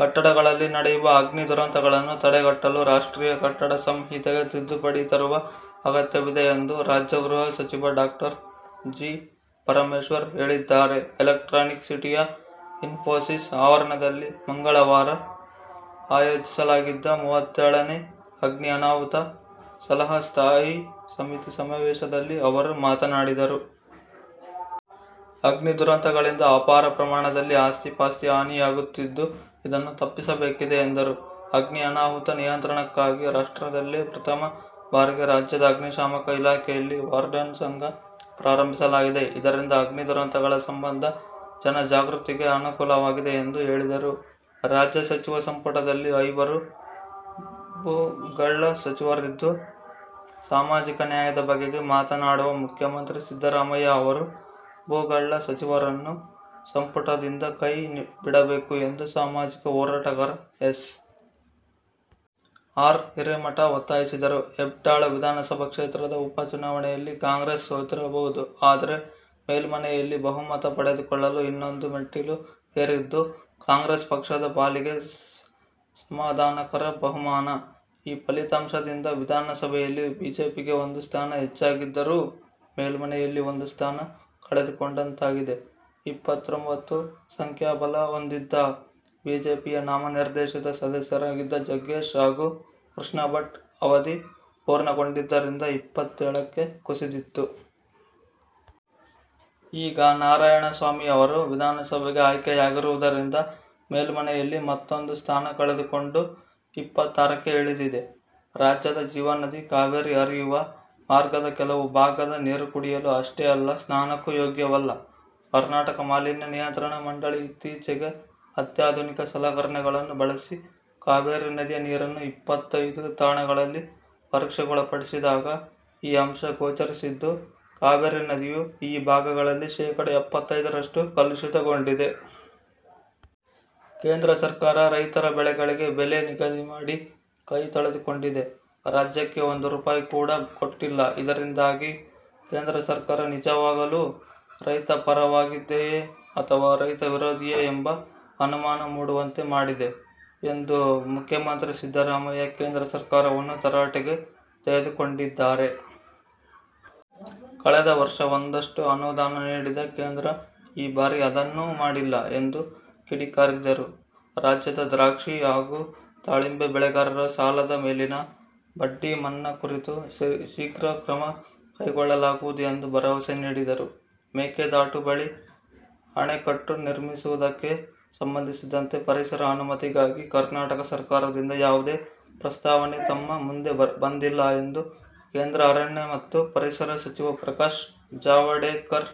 ಕಟ್ಟಡಗಳಲ್ಲಿ ನಡೆಯುವ ಅಗ್ನಿ ದುರಂತಗಳನ್ನು ತಡೆಗಟ್ಟಲು ರಾಷ್ಟ್ರೀಯ ಕಟ್ಟಡ ಸಂಹಿತೆಗೆ ತಿದ್ದುಪಡಿ ತರುವ ಅಗತ್ಯವಿದೆ ಎಂದು ರಾಜ್ಯ ಗೃಹ ಸಚಿವ ಡಾ ಜಿ. ಪರಮೇಶ್ವರ್ ಹೇಳಿದ್ದಾರೆ. ಎಲೆಕ್ಟ್ರಾನಿಕ್ ಸಿಟಿಯ ಇನ್ಫೋಸಿಸ್ ಆವರಣದಲ್ಲಿ ಮಂಗಳವಾರ ಆಯೋಜಿಸಲಾಗಿದ್ದ ಮೂವತ್ತೇಳನೇ ಅಗ್ನಿ ಅನಾಹುತ ಸಲಹಾ ಸ್ಥಾಯಿ ಸಮಿತಿ ಸಮಾವೇಶದಲ್ಲಿ ಅವರು ಮಾತನಾಡಿದರು. ಅಗ್ನಿ ದುರಂತಗಳಿಂದ ಅಪಾರ ಪ್ರಮಾಣದಲ್ಲಿ ಆಸ್ತಿಪಾಸ್ತಿ ಹಾನಿಯಾಗುತ್ತಿದ್ದು ಇದನ್ನು ತಪ್ಪಿಸಬೇಕಿದೆ ಎಂದರು. ಅಗ್ನಿ ಅನಾಹುತ ನಿಯಂತ್ರಣಕ್ಕಾಗಿ ರಾಷ್ಟ್ರದಲ್ಲೇ ಪ್ರಥಮ ಬಾರಿಗೆ ರಾಜ್ಯದ ಅಗ್ನಿ ಶಾಮಕ ಇಲಾಖೆಯಲ್ಲಿ ವಾರ್ಡನ್ ಸಂಘ ಪ್ರಾರಂಭಿಸಲಾಗಿದೆ. ಇದರಿಂದ ಅಗ್ನಿ ದುರಂತಗಳ ಸಂಬಂಧ ಜನ ಜಾಗೃತಿಗೆ ಅನುಕೂಲವಾಗಿದೆ ಎಂದು ಹೇಳಿದರು. ರಾಜ್ಯ ಸಚಿವ ಸಂಪುಟದಲ್ಲಿ ಐವರು ಭೂಗಳ್ಳ ಸಚಿವರಿದ್ದು, ಸಾಮಾಜಿಕ ನ್ಯಾಯದ ಬಗೆಗೆ ಮಾತನಾಡುವ ಮುಖ್ಯಮಂತ್ರಿ ಸಿದ್ದರಾಮಯ್ಯ ಅವರು ಭೂಗಳ್ಳ ಸಚಿವರನ್ನು ಸಂಪುಟದಿಂದ ಕೈ ಬಿಡಬೇಕು ಎಂದು ಸಾಮಾಜಿಕ ಹೋರಾಟಗಾರ ಎಸ್. ಆರ್. ಹಿರೇಮಠ ಒತ್ತಾಯಿಸಿದರು. ಹೆಬ್ಟಾಳ ವಿಧಾನಸಭಾ ಕ್ಷೇತ್ರದ ಉಪಚುನಾವಣೆಯಲ್ಲಿ ಕಾಂಗ್ರೆಸ್ ಸೋತಿರಬಹುದು. ಆದರೆ, ಮೇಲ್ಮನೆಯಲ್ಲಿ ಬಹುಮತ ಪಡೆದುಕೊಳ್ಳಲು ಇನ್ನೊಂದು ಮೆಟ್ಟಿಲು ಏರಿದ್ದು, ಕಾಂಗ್ರೆಸ್ ಪಕ್ಷದ ಪಾಲಿಗೆ ಸಮಾಧಾನಕರ ಬಹುಮಾನ. ಈ ಫಲಿತಾಂಶದಿಂದ ವಿಧಾನಸಭೆಯಲ್ಲಿ ಬಿಜೆಪಿಗೆ ಒಂದು ಸ್ಥಾನ ಹೆಚ್ಚಾಗಿದ್ದರೂ, ಮೇಲ್ಮನೆಯಲ್ಲಿ ಒಂದು ಸ್ಥಾನ ಕಳೆದುಕೊಂಡಂತಾಗಿದೆ. ಇಪ್ಪತ್ತೊಂಭತ್ತು ಸಂಖ್ಯಾಬಲ ಹೊಂದಿದ್ದ ಬಿಜೆಪಿಯ ನಾಮನಿರ್ದೇಶಿತ ಸದಸ್ಯರಾಗಿದ್ದ ಜಗ್ಗೇಶ್ ಹಾಗೂ ಕೃಷ್ಣಭಟ್ ಅವಧಿ ಪೂರ್ಣಗೊಂಡಿದ್ದರಿಂದ ಇಪ್ಪತ್ತೇಳಕ್ಕೆ ಕುಸಿದಿತ್ತು. ಈಗ ನಾರಾಯಣಸ್ವಾಮಿ ಅವರು ವಿಧಾನಸಭೆಗೆ ಆಯ್ಕೆಯಾಗಿರುವುದರಿಂದ ಮೇಲ್ಮನೆಯಲ್ಲಿ ಮತ್ತೂಂದು ಸ್ಥಾನ ಕಳೆದುಕೊಂಡು ಇಪ್ಪತ್ತಾರಕ್ಕೆ ಇಳಿದಿದೆ. ರಾಜ್ಯದ ಜೀವನದಿ ಕಾವೇರಿ ಹರಿಯುವ ಮಾರ್ಗದ ಕೆಲವು ಭಾಗದ ನೀರುಕುಡಿಯಲು ಅಷ್ಟೇ ಅಲ್ಲ ಸ್ನಾನಕ್ಕೂ ಯೋಗ್ಯವಲ್ಲ. ಕರ್ನಾಟಕ ಮಾಲಿನ್ಯ ನಿಯಂತ್ರಣ ಮಂಡಳಿ ಇತ್ತೀಚೆಗೆ ಅತ್ಯಾಧುನಿಕ ಸಲಕರಣೆಗಳನ್ನು ಬಳಸಿ ಕಾವೇರಿ ನದಿಯ ನೀರನ್ನು ಇಪ್ಪತ್ತೈದು ತಾಣಗಳಲ್ಲಿ ಪರೀಕ್ಷೆಗೊಳಪಡಿಸಿದಾಗ ಈ ಅಂಶ ಗೋಚರಿಸಿದ್ದು, ಕಾವೇರಿ ನದಿಯು ಈ ಭಾಗಗಳಲ್ಲಿ ಶೇಕಡಾ ಎಪ್ಪತ್ತೈದರಷ್ಟು ಕಲುಷಿತಗೊಂಡಿದೆ. ಕೇಂದ್ರ ಸರ್ಕಾರ ರೈತರ ಬೆಳೆಗಳಿಗೆ ಬೆಲೆ ನಿಗದಿ ಮಾಡಿ ಕೈ ತೊಳೆದುಕೊಂಡಿದೆ. ರಾಜ್ಯಕ್ಕೆ ಒಂದು ರೂಪಾಯಿ ಕೂಡ ಕೊಟ್ಟಿಲ್ಲ. ಇದರಿಂದಾಗಿ ಕೇಂದ್ರ ಸರ್ಕಾರ ನಿಜವಾಗಲೂ ರೈತ ಪರವಾಗಿದೆಯೇ ಅಥವಾ ರೈತ ವಿರೋಧಿಯೇ ಎಂಬ ಅನುಮಾನ ಮೂಡುವಂತೆ ಮಾಡಿದೆ ಎಂದು ಮುಖ್ಯಮಂತ್ರಿ ಸಿದ್ದರಾಮಯ್ಯ ಕೇಂದ್ರ ಸರ್ಕಾರವನ್ನು ತರಾಟೆಗೆ ತೆಗೆದುಕೊಂಡಿದ್ದಾರೆ. ಕಳೆದ ವರ್ಷ ಒಂದಷ್ಟು ಅನುದಾನ ನೀಡಿದ ಕೇಂದ್ರ ಈ ಬಾರಿ ಅದನ್ನೂ ಮಾಡಿಲ್ಲ ಎಂದು ಕಿಡಿಕಾರಿದರು. ರಾಜ್ಯದ ದ್ರಾಕ್ಷಿ ಹಾಗೂ ದಾಳಿಂಬೆ ಬೆಳೆಗಾರರ ಸಾಲದ ಮೇಲಿನ ಬಡ್ಡಿ ಮನ್ನಾ ಕುರಿತು ಶೀಘ್ರ ಕ್ರಮ ಕೈಗೊಳ್ಳಲಾಗುವುದು ಎಂದು ಭರವಸೆ ನೀಡಿದರು. ಮೇಕೆದಾಟು ಬಳಿ ಅಣೆಕಟ್ಟು ನಿರ್ಮಿಸು ವುದಕ್ಕೆ ಸಂಬಂಧಿಸಿದಂತೆ ಪರಿಸರ ಅನುಮತಿಗಾಗಿ ಕರ್ನಾಟಕ ಸರ್ಕಾರದಿಂದ ಯಾವುದೇ ಪ್ರಸ್ತಾವನೆ ತಮ್ಮ ಮುಂದೆ ಬಂದಿಲ್ಲ ಎಂದು ಕೇಂದ್ರ ಅರಣ್ಯ ಮತ್ತು ಪರಿಸರ ಸಚಿವ ಪ್ರಕಾಶ್ ಜಾವಡೇಕರ್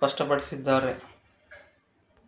ಸ್ಪಷ್ಟಪಡಿಸಿದ್ದಾರೆ.